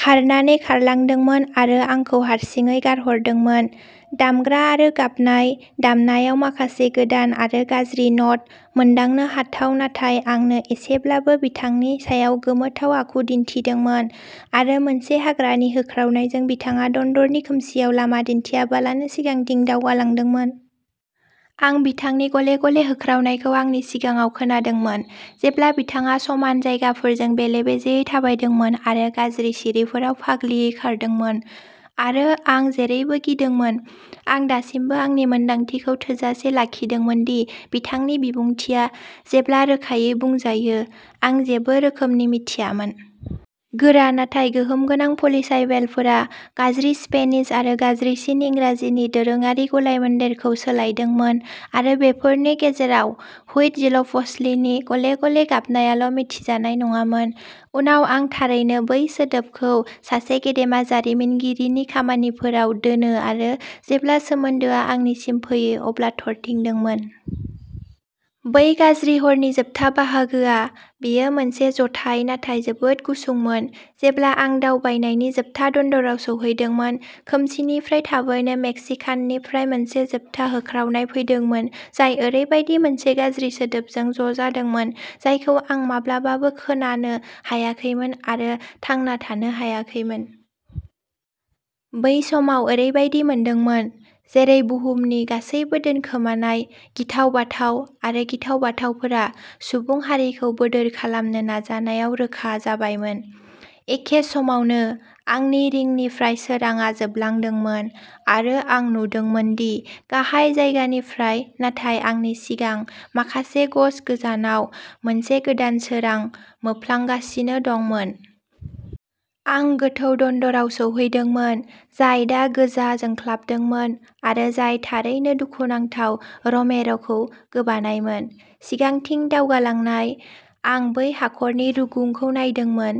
खारनानै खारलांदोंमोन आरो आंखौ हारसिङै गारहरदोंमोन। दामग्रा आरो गाबनाय दामनायाव माखासे गोदान आरो गाज्रि न'ट, मोनदांनो हाथाव नाथाय आंनो एसेब्लाबो, बिथांनि सायाव गोमोथाव आखु दिन्थिदोंमोन; आरो मोनसे हाग्रानि होख्रावनायजों बिथाङा दन्दरनि खोमसिआव लामा दिन्थियालाबानो सिगांथिं दावगालांदोंमोन। आं बिथांनि गले-गले होख्रावनायखौ आंनि सिगाङाव खोनादोंमोन, जेब्ला बिथाङा समान जायगाफोरजों बेले-बेजेयै थाबायदोंमोन आरो गाज्रि सिरिफोराव फागलियै खारदोंमोन। आरो आं जेरैबो गिदोंमोन, आं दासिमबो आंनि मोनदांथिखौ थोजासे लाखिदोंमोन दि बिथांनि बिबुंथिआ, जेब्ला रोखायै बुंजायो, आं जेबो रोखोमनि मिथियामोन। गोरा नाथाय गोहोमगोनां पलिसाइलेबलफोरा गाज्रि स्पेनिश आरो गाज्रिसिन इंराजिनि दोरोङारि गलायमोन्देरखौ सोलायदोंमोन, आरो बेफोरनि गेजेराव, "हुइटजिल'प'च्लि" नि गले-गले गाबनायाल'मिथिजानाय नङामोन। उनाव आं थारैनो बै सोदोबखौ सासे गेदेमा जारिमिनगिरिनि खामानिफोराव दोनो-आरो जेब्ला सोमोन्दोआ आंनिसिम फैयो अब्ला थरथिंदोंमोन। बै गाज्रि हरनि जोबथा बाहागोआ। बेयो मोनसे जथाय नाथाय जोबोद गुसुंमोन, जेब्ला आं दावबायनायनि जोबथा दन्दराव सौहैदोंमोन। खोमसिनिफ्राय थाबैनो मेक्सिकाननिफ्राय मोनसे जोबथा होख्रावनाय फैदोंमोन, जाय ओरैबायदि मोनसे गाज्रि सोदोबजों ज'जादोंमोन जायखौ आं माब्लाबाबो खोनानो हायाखैमोन आरो थांना थानो हायाखैमोन। बै समाव ओरैबायदि मोनदोंमोन जेरै बुहुमनि गासैबो दोनखोमानाय गिथाव-बाथाव आरो गिथाव-बाथावफोरा सुबुं हारिखौ बोदोर खालामनो नाजानायाव रोखा जाबायमोन। एखे समावनो आंनि रिंनिफ्राय सोरांआ जोबलांदोंमोन, आरो आं नुदोंमोन दि गाहाय जायगानिफ्राय नाथाय आंनि सिगां माखासे गज गोजानाव मोनसे गोदान सोरां मोफ्लांगासिनो दंमोन। आं गोथौ दन्दराव सौहैदोंमोन, जाय दा गोजा जोंख्लाबदोंमोन, आरो जाय थारैनो दुखुनांथाव र'मेर'खौ गोबानायमोन। सिगांथिं दावगालांनाय, आं बै हाखरनि रुगुंखौ नायदोंमोन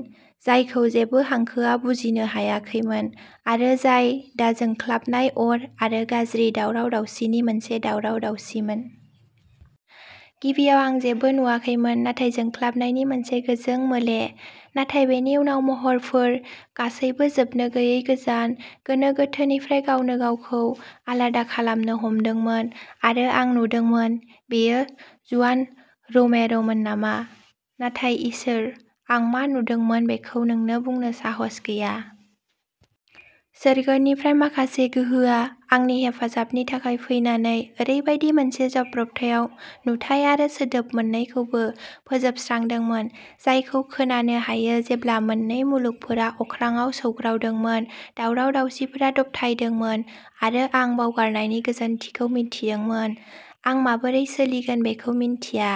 जायखौ जेबो हांखोआ बुजिनो हायाखैमोन, आरो जाय दा जोंख्लाबनाय अर आरो गाज्रि दावराव-दावसिनि मोनसे दावराव-दावसिमोन। गिबियाव आं जेबो नुवाखैमोन नाथाय जोंख्लाबनायनि मोनसे गोजों मोले; नाथाय बेनि उनाव महरफोर, गासैबो जोबनो गैयै गोजान, गोनो-गोथोनिफ्राय गावनोगावखौ आलादा खालामनो हमदोंमोन, आरो आं नुदोंमोन-बेयो जुआन रोमेर'मोन नामा?-नाथाय इसोर! आं मा नुदोंमोन बेखौ नोंनो बुंनो साहास गैया!... सोरगोनिफ्राय माखासे गोहोआ, आंनि हेफाजाबनि थाखाय फैनानै, ओरैबायदि मोनसे जाब्रबथायाव नुथाय आरो सोदोब मोन्नैखौबो फोजोबस्रांदोंमोन जायखौ खोनानो हायो जेब्ला मोननै मुलुगफोरा अख्राङाव सौग्रावदोंमोन। दावराव-दावसिफोरा दबथायदोंमोन, आरो आं बावगारनायनि गोजोनथिखौ मिथिदोंमोन। आं माबोरै सोलिगोन बेखौ मिन्थिया,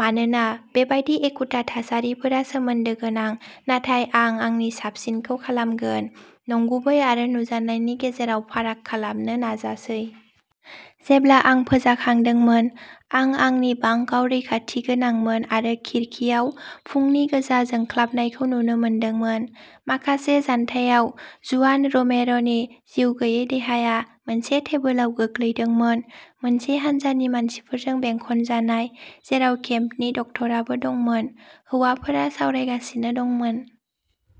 मानोना बेबादि एखुथा थासारिफोरा सोमोन्दोगोनां; नाथाय आं आंनि साबसिनखौ खालामगोन, नंगुबै आरो नुजानायनि गेजेराव फाराग खालामनो नाजासै। जेब्ला आं फोजाखांदोंमोन, आं आंनि बांकआव रैखाथि गोनांमोन आरो खिरखिआव फुंनि गोजा जोंख्लाबनायखौ नुनो मोनदोंमोन। माखासे जानथायाव जुआन रोमेर'नि जिउगैयै देहाया मोनसे टेबोलाव गोलैदोंमोन, मोनसे हान्जानि मानसिफोरजों बेंखनजानाय, जेराव केम्पनि डक्टराबो दंमोन। हौवाफोरा सावरायगासिनो दंमोन